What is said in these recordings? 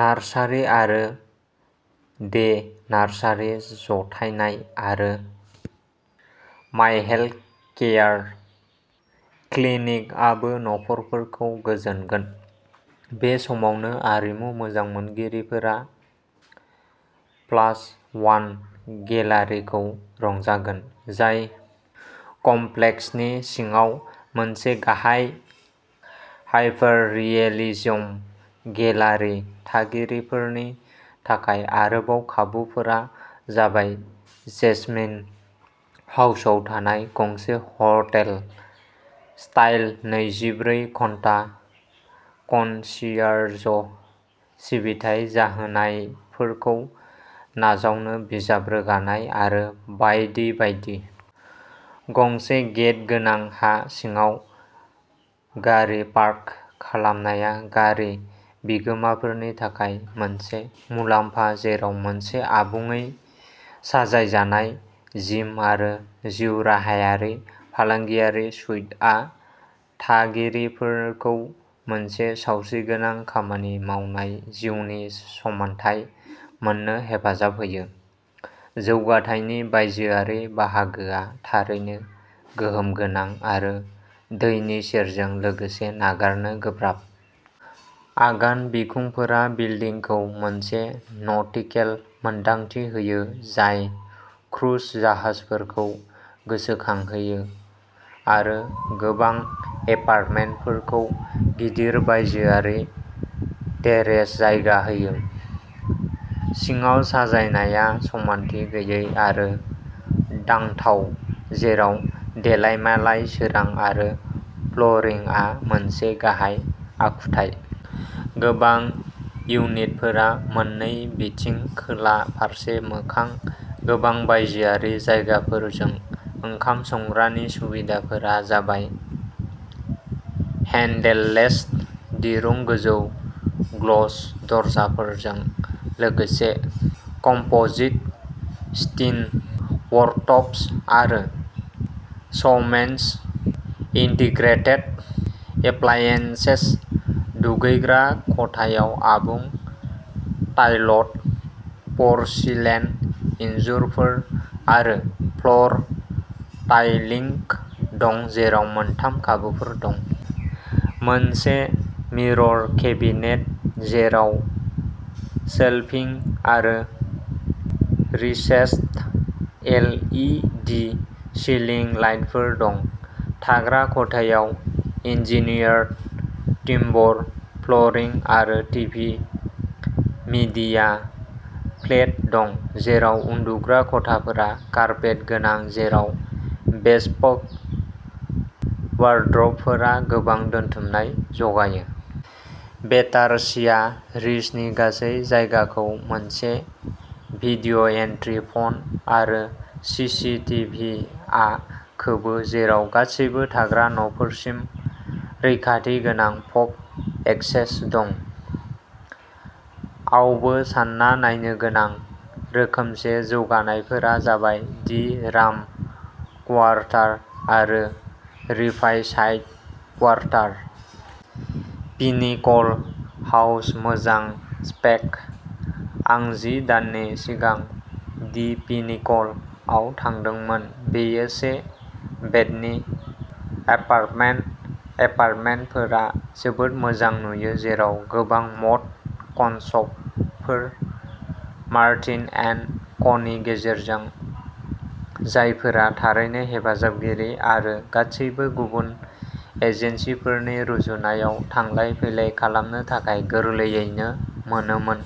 Nursery आरो day nursery जथायनाय आरो मायहेल्थ केयार क्लिनिकआबो नखरफोरखौ गोजोनगोन। बे समावनो आरिमु मोजां मोनगिरिफोरा प्लास वान गेलारिखौ रंजागोन। जाय कमप्लेक्सनि सिङाव मोनसे गाहाय हायपाररियेलिजम गेलारि थागिरिफोरनि थाखाय आरोबाव खाबुफोरा जाबाय जेसमिन हाउसआव थानाय गंसे हटेल स्टाइल नैजिब्रै घन्टा कनसियारज सिबिथाइ जाहोनायफोरखौ नाजावनो बिजाब रोगानाय आरो बायदि बायदि। गंसे गेट गोनां हा सिङाव गारि पार्क खालामनाया गारि बिगोमाफोरनि थाखाय मोनसे मुलाम्फा जेराव मोनसे आबुङै साजायजानाय जिम आरो जिउराहायारि फालांगियारि सुइटआ थागिरिफोरखौ मोनसे सावस्रिगोनां खामानि मावनाय जिउनि समानथाय मोननो हेफाजाब होयो। जौगाथायनि बायजोआरि बाहागोआ थारैनो गोहोम गोनां आरो दैनि सेरजों लोगोसे नागारनो गोब्राब। आगान बिखुंफोरा बिल्दिंखौ मोनसे नटिकेल मोनदांथि होयो जाय क्रुज जाहाजफोरखौ गोसोखांहोयो आरो गोबां एपार्टमेन्टफोरखौ गिदिर बायजोआरि टेरेस जायगा होयो। सिङाव साजायनाया समानथि गैयै आरो दांथाव। जेराव देलायमालाय सोरां आरो फ्लरिंआ मोनसे गाहाय आखुथाय। गोबां इउनिटफोरा मोननै बिथिं खोला फारसे मोखां गोबां बायजोआरि जायगाफोरजों। ओंखाम संग्रानि सुबिदाफोरा जाबाय हेन्डेललेस दिरुं गोजौ ग्लस दरजाफोरजों लोगोसे कम्पोजिट स्टिन वर्कटप्स आरो समेन्स इन्टिग्रेटेड एप्लायेनसेस। दुगैग्रा खथायाव आबुं टाइलड परसिलेन इनजुरफोर आरो फ्लर टाइलिंग दं जेराव मोनथाम खाबुफोर दं। मोनसे मिरर केबिनेट जेराव शेलभिं आरो recessed L E D ceiling लाइटफोर दं। थाग्रा खथायाव इन्जिनियार्ड टिम्बर फ्लरिं आरो टिभि मीडिया प्लेट दं। जेराव उन्दुग्रा खथाफोरा कारपेट गोनां जेराव बेसपोक वार्ड्रबफोरा गोबां दोनथुमनाय जगायो। बेटारसिया रीचनि गासै जायगाखौ मोनसे भिडिय'एन्ट्रि फन आरो सि सि टि भि आ खोबो जेराव गासैबो थाग्रा नफोरसिम रैखाथि गोनां फब एक्सेस दं। आवबो सानना नायनो गोनां रोखोमसे जौगानायफोरा जाबाय दि राम कुवारटार आरो रिभाइसाइड कुवारटार। पिनेकल हाउस मोजां स्पेक। आं जि दाननि सिगां दि पिनेकल आव थांदोंमोन। बेयो से बेडनि एपार्टमेन्ट। एपार्टमेन्टफोरा जोबोद मोजां नुयो जेराव गोबां मड कनसफोर मार्टिन एन्ड कनि गेजेरजों जायफोरा थारैनो हेफाजाबगिरि आरो गासैबो गुबुन एजेन्सिफोरनि रुजुनायाव थांलाय फैलाय खालामनो थाखाय गोरलैयैनो मोनोमोन।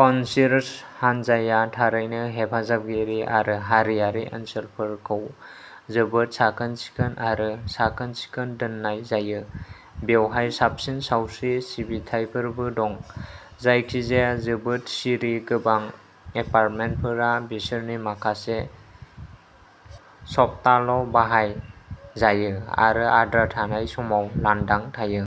कन्सिर्ज हान्जाया थारैनो हेफाजाबगिरि आरो हारियारि ओनसोलफोरखौ जोबोद साखोन-सिखोन आरो साखोन-सिखोन दोननाय जायो। बेवहाय साबसिन सावस्रि सिबिथाइफोरबो दं। जायखिजाया जोबोद सिरि गोबां एपार्टमेन्टफोरा बिसोरनि माखासे सप्ताल' बाहाय जायो आरो आद्रा थानाय समाव लांदां थायो।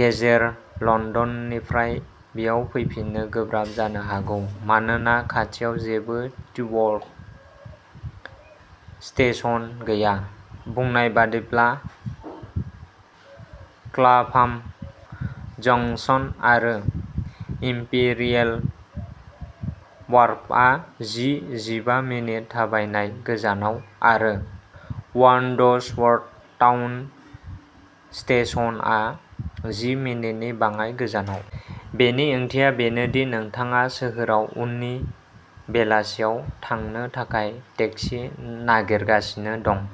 गेजेर लन्दननिफ्राय बेयाव फैफिननो गोब्राब जानो हागौ मानोना खाथियाव जेबो टिउब स्टेशन गैया। बुंनाय बादिब्ला क्लाफाम जंक्शन आरो इम्पेरियेल वार्फआ जि जिबा मिनिट थाबायनाय गोजानाव आरो वानडसवर्थ टाउन स्टेशनआ जि मिनिटनि बाङाय गोजानाव। बेनि ओंथिया बेनोदि नोंथाङा सोहोराव उननि बेलासियाव थांनो थाखाय टेक्सि नागिरगासिनो दं।